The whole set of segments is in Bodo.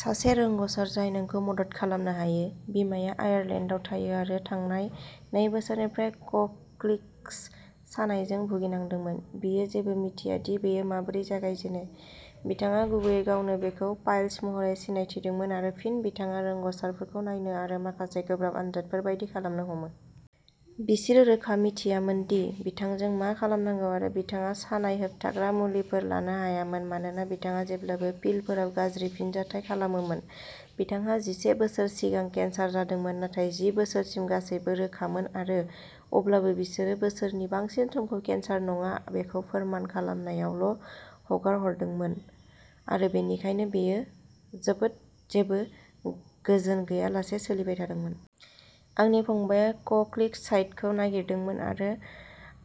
सासे रोंग'सार जाय नोंखौ मदद खालामनो हायो। बिमाया आयारलेन्डआव थायो आरो थांनाय नै बोसोरनिफ्राय क'क्लिक्स सानायजों भुगिनांदोंमोन। बियो जेबो मिथिया दि बेयो माबोरै जागायजेनो। बिथाङा गुबैयै गावनो बेखौ पाइल्स महरै सिनायथिदोंमोन आरो फिन बिथाङा रोंग'सारफोरखौ नायनो आरो माखासे गोब्राब आनजादफोर बायदि खालामनो हमो। बिसोरो रोखा मिथियामोन दि बिथांजों मा खालामनांगौ आरो बिथाङा सानाय होबथाग्रा मुलिफोर लानो हायामोन मानोना बिथाङा जेब्लाबो पिलफोराव गाज्रि फिनजाथाय खालामोमोन। बिथांहा जिसे बोसोर सिगां केन्सार जादोंमोन नाथाय जि बोसोरसिम गासैबो रोखामोन आरो अब्लाबो बिसोरो बोसोरनि बांसिन समखौ केन्सार नङा बेखौ फोरमान खालामनायावल'हगारहरदोंमोन आरो बेनिखायनो बेयो जोबोद जेबो गोजोन गैयालासे सोलिबाय थादोंमोन। आंनि फंबायआ क'क्लिक्स साइटखौ नागिरदोंमोन आरो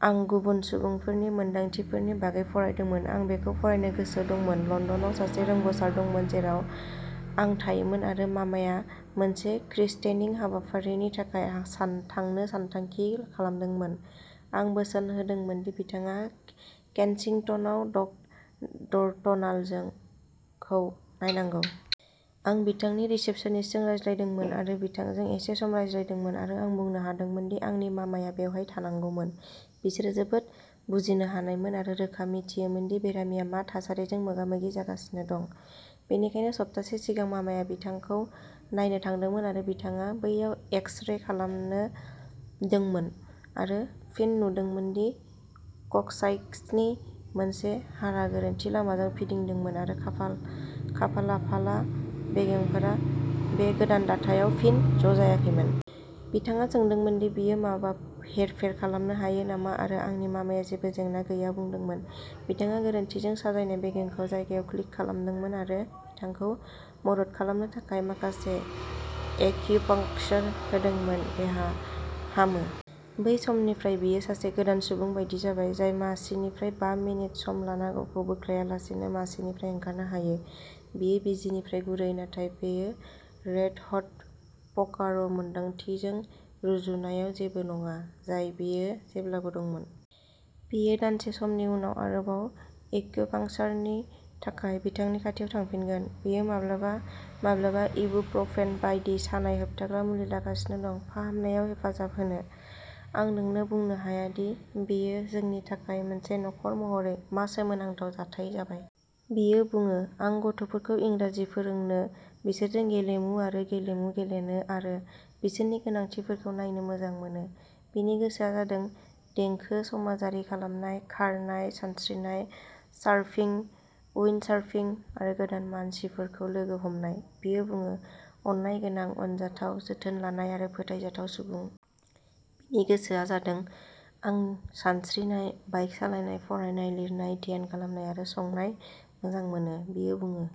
आं गुबुन सुबुंफोरनि मोनदांथिफोरनि बागै फरायदोंमोन। आं बेखौ फरायनो गोसो दंमोन। लन्दनआव सासे रोंग'सार दंमोन, जेराव आं थायोमोन आरो मामाया मोनसे ख्रिस्तेनिं हाबाफारिनि थाखाय आ सा थांनो सानथांखि खालामदोंमोन, आं बोसोन होदोंमोन दि बिथाङा केनसिंटनआव ड'क्ट डर्टनालजों खौ नायनांगौ। आं बिथांनि रिसेप्शनिस्टजों रायज्लायदोंमोन आरो बिथांजों एसे सम रायज्लायदोंमोन आरो आं बुंनो हादोंमोन दि आंनि मामाया बेवहाय थानांगौमोन, बिसोरो जोबोद बुजिनो हानायमोन आरो रोखा मिथियोमोन दि बेरामिया मा थासारिजों मोगा-मोगि जागासिनो दं। बेनिखायनो सप्तासे सिगां मामाया बिथांखौ नायनो थांदोंमोन आरो बिथाङा बैयाव एक्स-रे खालामनो दोंमोन आरो फिन नुदोंमोन दि क'क्साइक्सनि मोनसे हारा गोरोन्थि लामाजों फिदिंदोंमोन आरो खाफाल खाफालाफाला बेगेंफोरा बे गोदान दाथायाव फिन ज'जायाखैमोन। बिथाङा सोंदोंमोन दि बियो माबा हेरफेर खालामनो हायो नामा आरो आंनि मामाया जेबो जेंना गैया बुंदोंमोन। बिथाङा गोरोन्थिजों साजायनाय बेगेंखौ जायगायाव क्लिक खालामदोंमोन आरो बिथांखौ मदद खालामनो थाखाय माखासे एक्युपंक्चर होदोंमोन। देहा हामो। बै समनिफ्राय बियो सासे गोदान सुबुं बायदि जाबाय, जाय मासिनिफ्राय बा मिनिट सम लाना गावखौ बोख्लायालासेनो मासिनिफ्राय ओंखारनो हायो। बियो बिजिनिफ्राय गुरै नाथाय बेयो'रेड हट पकार'मोन्दांथिजों रुजुनायाव जेबो नङा, जाय बियो जेब्लाबो दंमोन। बियो दानसे समनि उनाव आरोबाव एक्युपांक्चरनि थाखाय बिथांनि खाथियाव थांफिनगोन। बियो माब्लाबा माब्लाबा इबुप्रफेन बायदि सानाय होबथाग्रा मुलि लागासिनो दं, फाहामनायाव हेफाजाब होनो। आं नोंनो बुंनो हाया दि बेयो जोंनि थाखाय मोनसे नखर महरै मा सोमोनांथाव जाथाय जाबाय। बियो बुङोः आं गथ'फोरखौ इंराजि फोरोंनो, बिसोरजों गेलेमु आरो गेलेमु गेलेनो आरो बिसोरनि गोनांथिफोरखौ नायनो मोजां मोनो। बिनि गोसोआ जादोंः देंखो, समाजारि खालामनाय, खारनाय, सानस्रिनाय, सार्फिं, उइन्डसार्फिं आरो गोदान मानसिफोरखौ लोगो हमनाय। बियो बुङोः अननायगोनां, अनजाथाव, जोथोन लानाय आरो फोथायजाथाव सुबुं। नि गोसोआ जादोंः आं सानस्रिनाय, बाइक सालायनाय, फरायनाय, लिरनाय, ध्यान खालामनाय आरो संनाय मोजां मोनो। बियो बुङोः